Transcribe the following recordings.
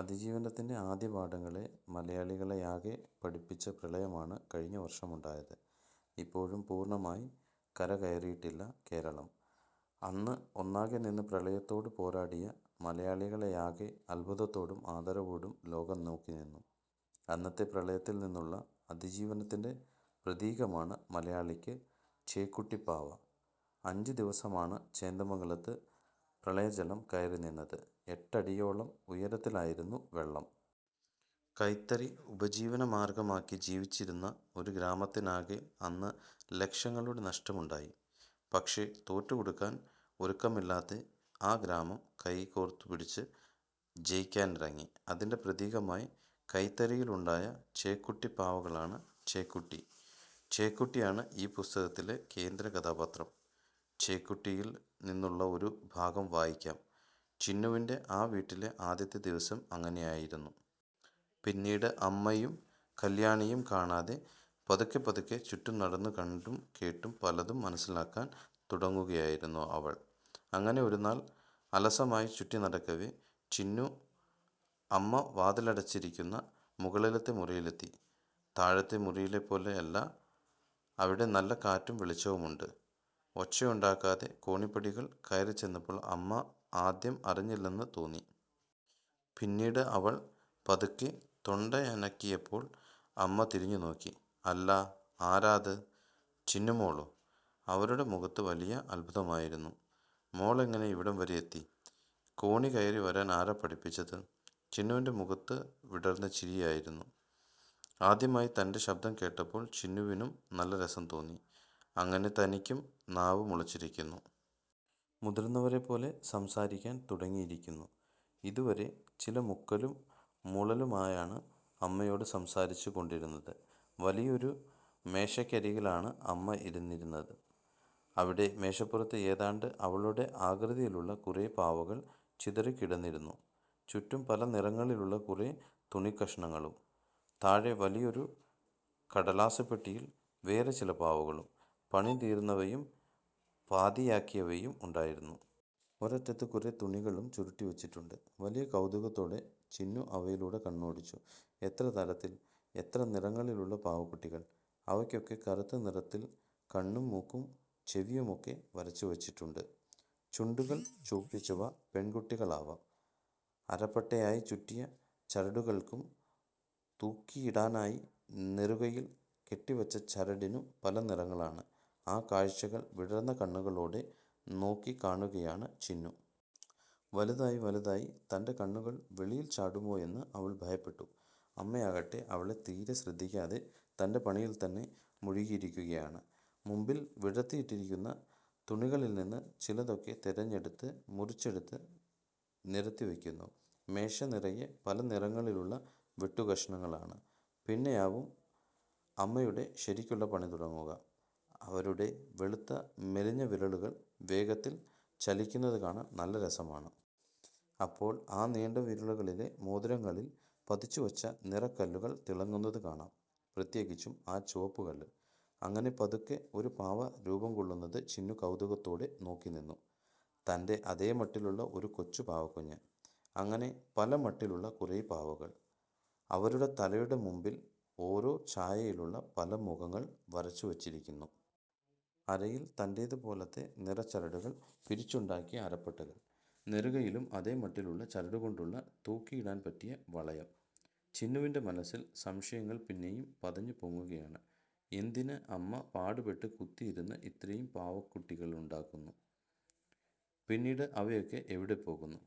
അതിജീവനത്തിൻറെ ആദ്യപാഠങ്ങളെ മലയാളികളെയാകെ പഠിപ്പിച്ച പ്രളയമാണ് കഴിഞ്ഞ വർഷമുണ്ടായത്. ഇപ്പോഴും പൂർണമായി കരകയറിയിട്ടില്ല കേരളം. അന്ന് ഒന്നാകെ നിന്ന് പ്രളയത്തോട് പോരാടിയ മലയാളികളെയാകെ അത്ഭുതത്തോടും ആദരവോടും ലോകം നോക്കിനിന്നു. അന്നത്തെ പ്രളയത്തിൽ നിന്നുള്ള അതിജീവനത്തിൻറെ പ്രതീകമാണ് മലയാളിക്ക് ചേക്കുട്ടിപ്പാവ. അഞ്ച് ദിവസമാണ് ചേന്ദമംഗലത്ത് പ്രളയജലം കയറിനിന്നത്. എട്ടടിയോളം ഉയരത്തിലായിരുന്നു വെള്ളം. കൈത്തറി ഉപജീവനമാർഗമാക്കി ജീവിച്ചിരുന്ന ഒരു ഗ്രാമത്തിനാകെ അന്ന് ലക്ഷങ്ങളുടെ നഷ്ടമുണ്ടായി. പക്ഷേ തോറ്റുകൊടുക്കാൻ ഒരുക്കമില്ലാതെ ആ ഗ്രാമം കൈകോർത്തുപിടിച്ച് ജയിക്കാനിറങ്ങി. അതിൻറെ പ്രതീകമായി കൈത്തറിയിലുണ്ടായ ചേക്കുട്ടിപ്പാവകളാണ് ചേക്കുട്ടി. ചേക്കുട്ടിയാണ് ഈ പുസ്തകത്തിലെ കേന്ദ്രകഥാപാത്രം. ചേക്കുട്ടിയിൽ നിന്നുള്ള ഒരു ഭാഗം വായിക്കാം. ചിന്നുവിൻറെ ആ വീട്ടിലെ ആദ്യത്തെ ദിവസം അങ്ങനെയായിരുന്നു. പിന്നീട് അമ്മയും കല്യാണിയും കാണാതെ പതുക്കെപ്പതുക്കെ ചുറ്റും നടന്നും കണ്ടും കേട്ടും പലതും മനസ്സിലാക്കാൻ തുടങ്ങുകയായിരുന്നു അവൾ. അങ്ങനെ ഒരുനാൾ അലസമായി ചുറ്റിനടക്കവേ ചിന്നു അമ്മ വാതിലടച്ചിരിക്കുന്ന മുകളിലത്തെ മുറിയിലെത്തി. താഴത്തെ മുറിപോലെയല്ല. അവിടെ നല്ല കാറ്റും വെളിച്ചവുമുണ്ട്. ഒച്ചയുണ്ടാക്കാതെ കോണിപ്പടികൾ കയറിച്ചെന്നപ്പോൾ അമ്മ ആദ്യം അറിഞ്ഞില്ലെന്ന് തോന്നി. പിന്നീട് അവൾ പതുക്കെ തൊണ്ടയനക്കിയപ്പോൾ അമ്മ തിരിഞ്ഞുനോക്കി. അല്ലാ, ആരാത്? ചിന്നുമോളോ? അവരുടെ മുഖത്ത് വലിയ അത്ഭുതമായിരുന്നു. മോളെങ്ങനെ ഇവിടം വരെയെത്തി? കോണി കയറി വരാൻ ആരാ പഠിപ്പിച്ചത്? ചിന്നുവിൻറെ മുഖത്ത് വിടർന്ന ചിരിയായിരുന്നു. ആദ്യമായി തൻറെ ശബ്ദം കേട്ടപ്പോൾ ചിന്നുവിനും നല്ല രസം തോന്നി. അങ്ങനെ തനിക്കും നാവ് മുളച്ചിരിക്കുന്നു. മുതിർന്നവരെപ്പോലെ സംസാരിക്കാൻ തുടങ്ങിയിരിക്കുന്നു. ഇതേവരെ ചില മുക്കലും മൂളലുമായാണ് അമ്മയോട് സംസാരിച്ചുകൊണ്ടിരുന്നത്. വലിയൊരു മേശയ്ക്കരികിലാണ് അമ്മ ഇരുന്നിരുന്നത്. അവിടെ മേശപ്പുറത്ത് ഏതാണ്ട് അവളുടെ ആകൃതിയിലുള്ള കുറെ പാവകൾ ചിതറിക്കിടന്നിരുന്നു. ചുറ്റും പല നിറങ്ങളിലുള്ള കുറെ തുണിക്കഷണങ്ങളും. താഴെ വലിയൊരു കടലാസുപെട്ടിയിൽ വേറേ ചില പാവകളും, പണി തീർന്നവയും പാതിയാക്കിയവയും ഉണ്ടായിരുന്നു. ഒരറ്റത്ത് കുറെ തുണികളും ചുരുട്ടിവച്ചിട്ടുണ്ട്. വലിയ കൗതുകത്തോടെ ചിന്നു അവയിലൂടെ കണ്ണോടിച്ചു. എത്ര തരത്തിൽ, എത്ര നിറങ്ങളിലുള്ള പാവക്കുട്ടികൾ. അവയ്ക്കൊക്കെ കറുത്ത നിറത്തിൽ കണ്ണും മൂക്കും ചെവിയുമൊക്കെ വരച്ചുവച്ചിട്ടുണ്ട്. ചുണ്ടുകൾ ചുവപ്പിച്ചവ പെൺകുട്ടികളാവാം. അരപ്പട്ടയായി ചുറ്റിയ ചരടുകൾക്കും തൂക്കിയിടാനായി നെറുകയിൽ കെട്ടിവച്ച ചരടിനും പല നിറങ്ങളാണ്.ആ കാഴ്ചകൾ വിടർന്ന കണ്ണുകളോടെ നോക്കിക്കാണുകയാണ് ചിന്നു. വലുതായി വലുതായി തൻറെ കണ്ണുകൾ വെളിയിൽ ചാടുമോയെന്ന് അവൾ ഭയപ്പെട്ടു. അമ്മയാകട്ടെ അവളെ തീരെ ശ്രദ്ധിക്കാതെ തൻറെ പണിയിൽത്തന്നെ മുഴുകിയിരിക്കുകയാണ്. മുമ്പിൽ വിടർത്തിയിട്ടിരിക്കുന്ന തുണികളിൽനിന്ന് ചിലതൊക്കെ തെരഞ്ഞെടുത്ത് മുറിച്ചെടുത്ത് നിരത്തിവയ്ക്കുന്നു. മേശ നിറയെ പല നിറങ്ങളിലുള്ള വെട്ടുകഷണങ്ങളാണ്. പിന്നെയാവും അമ്മയുടെ ശരിക്കുള്ള പണി തുടങ്ങുക. അവരുടെ വെളുത്തു മെലിഞ്ഞ വിരലുകൾ വേഗത്തിൽ ചലിക്കുന്നതു കാണാൻ നല്ല രസമാണ്. അപ്പോൾ ആ നീണ്ട വിരലുകളിലെ മോതിരങ്ങളിൽ പതിച്ചുവച്ച നിറക്കല്ലുകൾ തിളങ്ങുന്നതു കാണാം. പ്രത്യേകിച്ചും ആ ചുവപ്പുകല്ല്. അങ്ങനെ പതുക്കെ ഒരു പാവ രൂപംകൊള്ളുന്നത് ചിന്നു കൗതുകത്തോടെ നോക്കിനിന്നു. തൻറെ അതേ മട്ടിലുള്ള ഒരു കൊച്ചു പാവക്കുഞ്ഞ്. അങ്ങനെ പലമട്ടിലുള്ള കുറേ പാവകൾ. അവരുടെ തലയുടെ മുമ്പിൽ ഓരോ ഛായയിലുള്ള പല മുഖങ്ങൾ വരച്ചുവച്ചിരിക്കുന്നു. അരയിൽ തന്റേതുപോലത്തെ നിറച്ചരടുകൾ പിരിച്ചുണ്ടാക്കിയ അരപ്പട്ടകൾ. നെറുകയിലും അതേ മട്ടിലുള്ള ചരടുകൊണ്ടുള്ള തൂക്കിയിടാൻ പറ്റിയ വളയം. ചിന്നുവിൻറെ മനസ്സിൽ സംശയങ്ങൾ പിന്നെയും പതഞ്ഞുപൊങ്ങുകയാണ്. എന്തിന് അമ്മ പാടുപെട്ട് കുത്തിയിരുന്ന് ഇത്രയും പാവക്കുട്ടികളുണ്ടാക്കുന്നു? പിന്നീട് അവയൊക്കെ എവിടെപ്പോകുന്നു?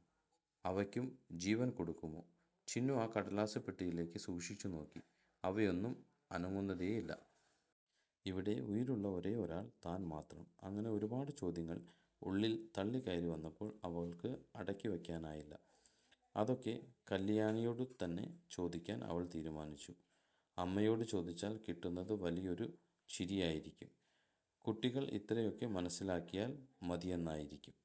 അവയ്ക്കും ജീവൻ കൊടുക്കുമോ? ചിന്നു ആ കടലാസുപെട്ടിയിലേക്ക് സൂക്ഷിച്ചുനോക്കി. അവയൊന്നും അനങ്ങുന്നതേയില്ല. ഇവിടെ ഉയിരുള്ള ഒരേയൊരാൾ താൻ മാത്രം. അങ്ങനെ ഒരുപാട് ചോദ്യങ്ങൾ ഉള്ളിൽ തള്ളിക്കയറി വന്നപ്പോൾ അവൾക്ക് അടക്കിവയ്ക്കാനായില്ല. അതൊക്കെ കല്യാണിയോടുതന്നെ ചോദിക്കാൻ അവൾ തീരുമാനിച്ചു. അമ്മയോട് ചോദിച്ചാൽ കിട്ടുന്നത് വലിയൊരു ചിരിയായിരിക്കും. കുട്ടികൾ ഇത്രയൊക്കെ മനസ്സിലാക്കിയാൽ മതിയെന്നായിരിക്കും.